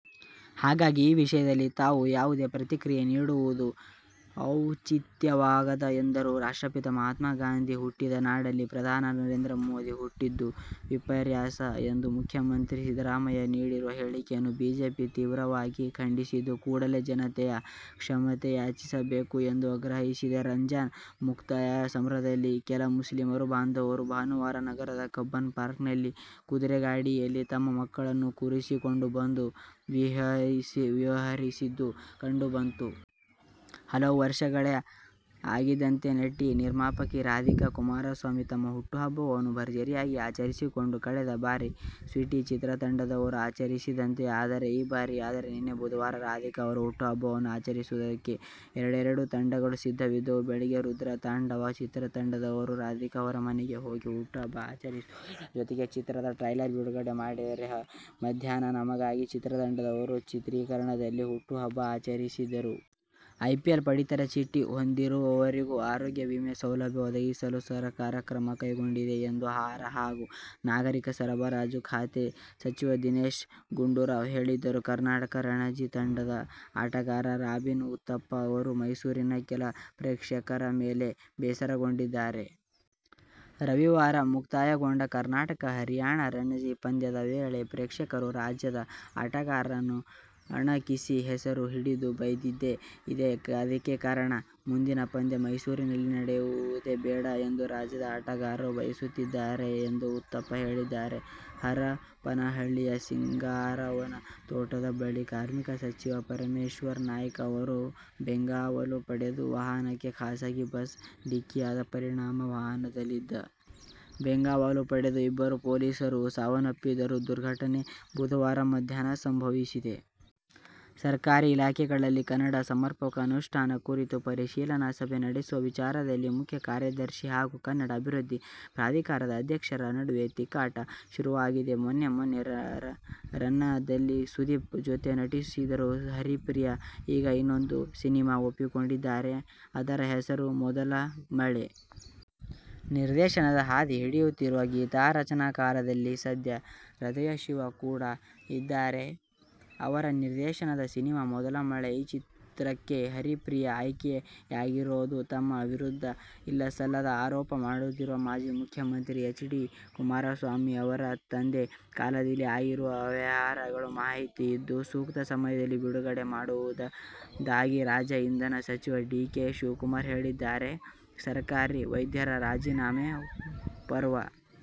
ಹಾಗಾಗಿ, ಈ ವಿಷಯದಲ್ಲಿ ತಾವು ಯಾವುದೇ ಪ್ರತಿಕ್ರಿಯೆ ನೀಡುವುದು ಔಚಿತ್ಯವಾಗದು ಎಂದರು. ರಾಷ್ಟ್ರಪಿತ ಮಹಾತ್ಮ ಗಾಂಧಿ ಹುಟ್ಟಿದ ನಾಡಲ್ಲಿ ಪ್ರಧಾನಿ ನರೇಂದ್ರ ಮೋದಿ ಹುಟ್ಟಿದ್ದು ವಿಪರ್ಯಾಸ ಎಂದು ಮುಖ್ಯಮಂತ್ತಿ ಸಿದ್ದರಾಮಯ್ಯ ನೀಡಿರುವ ಹೇಳಿಕೆಯನ್ನು ಬಿಜೆಪಿ ತೀವ್ರವಾಗಿ ಖಂಡಿಸಿದ್ದು, ಕೂಡಲೇ ಜನತೆಯ ಕ್ಷಮೆಯಾಚಿಸಬೇಕು ಎಂದು ಆಗ್ರಹಿಸಿದೆ. ರಂಜಾನ್ ಮುಕ್ತಾಯದ ಸಂಭ್ರಮದಲ್ಲಿದ್ದ ಕೆಲ ಮುಸ್ಲಿಂ ಬಾಂಧವರು ಭಾನುವಾರ ನಗರದ ಕಬ್ಬನ್ ಪಾರ್ಕ್ನಲ್ಲಿ ಕುದುರೆಗಾಡಿಗಳಲ್ಲಿ ತಮ್ಮ ಮಕ್ಕಳನ್ನು ಕೂರಿಸಿಕೊಂಡು ಬಂದು ವಿಹರಿಸಿದ್ದು ಕಂಡುಬಂತು. ಹಲವು ವರ್ಷಗಳೇ ಆಗಿತ್ತಂತೆ, ನಟಿ-ನಿರ್ಮಾಪಕಿ ರಾಧಿಕಾ ಕುಮಾರಸ್ವಾಮಿ ತಮ್ಮ ಹುಟ್ಟುಹಬ್ಬವನ್ನು ಭರ್ಜರಿಯಾಗಿ ಆಚರಿಸಿಕೊಂಡು. ಕಳೆದ ಬಾರಿ "ಸ್ವೀಟಿ' ಚಿತ್ರತಂಡದವರು ಆಚರಿಸಿದ್ದರಂತೆ. ಆದರೆ, ಈ ಬಾರಿ ಅಂದರೆ ನಿನ್ನೆ ಬುಧವಾರ ರಾಧಿಕಾ ಅವರ ಹುಟ್ಟುಹಬ್ಬವನ್ನು ಆಚರಿಸುವುದಕ್ಕೆ ಎರಡೆರೆಡು ತಂಡಗಳು ಸಿದ್ಧವಿದ್ಧವು. ಬೆಳಿಗ್ಗೆ "ರುದ್ರತಾಂಡವ' ಚಿತ್ರತಂಡದವರು ರಾಧಿಕಾ ಅವರ ಮನೆಗೆ ಹೋಗಿ ಹುಟ್ಟುಹಬ್ಬ ಆಚರಿಸುವುದರ ಜೊತೆಗೆ ಚಿತ್ರದ ಟ್ರೈಲರ್ ಬಿಡುಗಡೆ ಮಾಡಿದರೆ, ಮಧ್ಯಾಹ್ನ "ನಮಗಾಗಿ' ಚಿತ್ರತಂಡದವರು ಚಿತ್ರೀಕರಣದಲ್ಲಿ ಹುಟ್ಟುಹಬ್ಬ ಆಚರಿಸಿದರು. ಎಪಿಎಲ್ ಪಡಿತರ ಚೀಟಿ ಹೊಂದಿರುವವರಿಗೂ ಆರೋಗ್ಯ ವಿಮೆ ಸೌಲಭ್ಯ ಒದಗಿಸಲು ಸರಕಾರ ಕ್ರಮ ಕೈಗೊಂಡಿದೆ ಎಂದು ಆಹಾರ ಹಾಗೂ ನಾಗರಿಕ ಸರಬರಾಜು ಖಾತೆ ಸಚಿವ ದಿನೇಶ ಗುಂಡೂರಾವ್ ಹೇಳಿದರು. ಕರ್ನಾಟಕ ರಣಜಿ ತಂಡದ ಆಟಗಾರ ರಾಬಿನ್ ಉತ್ತಪ್ಪ ಅವರು ಮೈಸೂರಿನ ಕೆಲ ಪ್ರೇಕ್ಷಕರ ಮೇಲೆ ಬೇಸರಗೊಂಡಿದ್ದಾರೆ. ರವಿವಾರ ಮುಕ್ತಾಯಗೊಂಡ ಕರ್ನಾಟಕ-ಹರಿಯಾಣ ರಣಜಿ ಪಂದ್ಯದ ವೇಳೆ ಪ್ರೇಕ್ಷಕರು ರಾಜ್ಯದ ಆಟಗಾರರನ್ನು ಅಣಕಿಸಿ, ಹೆಸರು ಹಿಡಿದು ಬೈದಿದ್ದೇ ಇದಕ್ಕೆ ಕಾರಣ. ಮುಂದಿನ ಪಂದ್ಯ ಮೈಸೂರಿನಲ್ಲಿ ನಡೆಯುವುದೇ ಬೇಡ ಎಂದು ರಾಜ್ಯದ ಆಟಗಾರರು ಬಯಸುತ್ತಿದ್ದಾರೆ ಎಂದು ಉತ್ತಪ್ಪ ಹೇಳಿದ್ದಾರೆ. ಹರಪನಹಳ್ಳಿಯ ಸಿಂಗಾರವ್ವನ ತೋಟದ ಬಳಿ ಕಾರ್ಮಿಕ ಸಚಿವ ಪರಮೇಶ್ವರ್ ನಾಯ್ಕ್ ಅವರ ಬೆಂಗಾವಲು ಪಡೆಯ ವಾಹನಕ್ಕೆ ಖಾಸಗಿ ಬಸ್ ಢಿಕ್ಕಿಯಾದ ಪರಿಣಾಮ ವಾಹನದಲ್ಲಿದ್ದ ಬೆಂಗಾವಲು ಪಡೆಯ ಇಬ್ಬರು ಪೊಲೀಸರು ಸಾವನ್ನಪ್ಪಿರುವ ದುರ್ಘ ಟನೆ ಬುಧವಾರ ಮಧ್ಯಾಹ್ನ ಸಂಭವಿಸಿದೆ. ಸರ್ಕಾರಿ ಇಲಾಖೆಗಳಲ್ಲಿ ಕನ್ನಡ ಸಮರ್ಪಕ ಅನುಷ್ಠಾನ ಕುರಿತು ಪರಿಶೀಲನಾ ಸಭೆ ನಡೆಸುವ ವಿಚಾರದಲ್ಲಿ ಮುಖ್ಯ ಕಾರ್ಯದರ್ಶಿ ಹಾಗೂ ಕನ್ನಡ ಅಭಿವೃದ್ಧಿ ಪ್ರಾಧಿಕಾರದ ಅಧ್ಯಕ್ಷರ ನಡುವೆ ತಿಕ್ಕಾಟ ಶುರುವಾಗಿದೆ. ಮೊನ್ನೆ ಮೊನ್ನೆ "ರನ್ನ'ದಲ್ಲಿ ಸುದೀಪ್ ಜೊತೆ ನಟಿಸಿದ ಹರಿಪ್ರಿಯಾ, ಈಗ ಇನ್ನೊಂದು ಸಿನಿಮಾ ಒಪ್ಪಿಕೊಂಡಿದ್ದಾರೆ. ಅದರ ಹೆಸರು "ಮೊದಲ ಮಳೆ'. ನಿರ್ದೇಶನದ ಹಾದಿ ಹಿಡಿಯುತ್ತಿರುವ ಗೀತರಚನಾಕಾರರಲ್ಲಿ ಸದ್ಯ ಹೃದಯಶಿವ ಕೂಡ ಇದ್ದಾರೆ. ಅವರ ನಿರ್ದೇಶನದ ಸಿನಿಮಾ "ಮೊದಲ ಮಳೆ'. ಆ ಚಿತ್ರಕ್ಕೆ ಹರಿಪ್ರಿಯಾ ಆಯ್ಕೆಯಾಗಿರೋದು. ತಮ್ಮ ವಿರುದ್ಧ ಇಲ್ಲಸಲ್ಲದ ಆರೋಪ ಮಾಡುತ್ತಿರುವ ಮಾಜಿ ಮುಖ್ಯಮಂತ್ರಿ ಎಚ್. ಡಿ. ಕುಮಾರಸ್ವಾಮಿ ಮತ್ತು ಅವರ ತಂದೆ ಕಾಲದಲ್ಲಿ ಆಗಿರುವ ಅವ್ಯವಹಾರಗಳ ಮಾಹಿತಿ ಇದ್ದು, ಸೂಕ್ತ ಸಮಯದಲ್ಲಿ ಬಿಡುಗಡೆ ಮಾಡುವುದಾಗಿ ರಾಜ್ಯ ಇಂಧನ ಸಚಿವ ಡಿ. ಕೆ. ಶಿವಕುಮಾರ್ ಹೇಳಿದ್ದಾರೆ. ಸರ್ಕಾರಿ ವೈದ್ಯರ ರಾಜೀನಾಮೆ ಪರ್ವ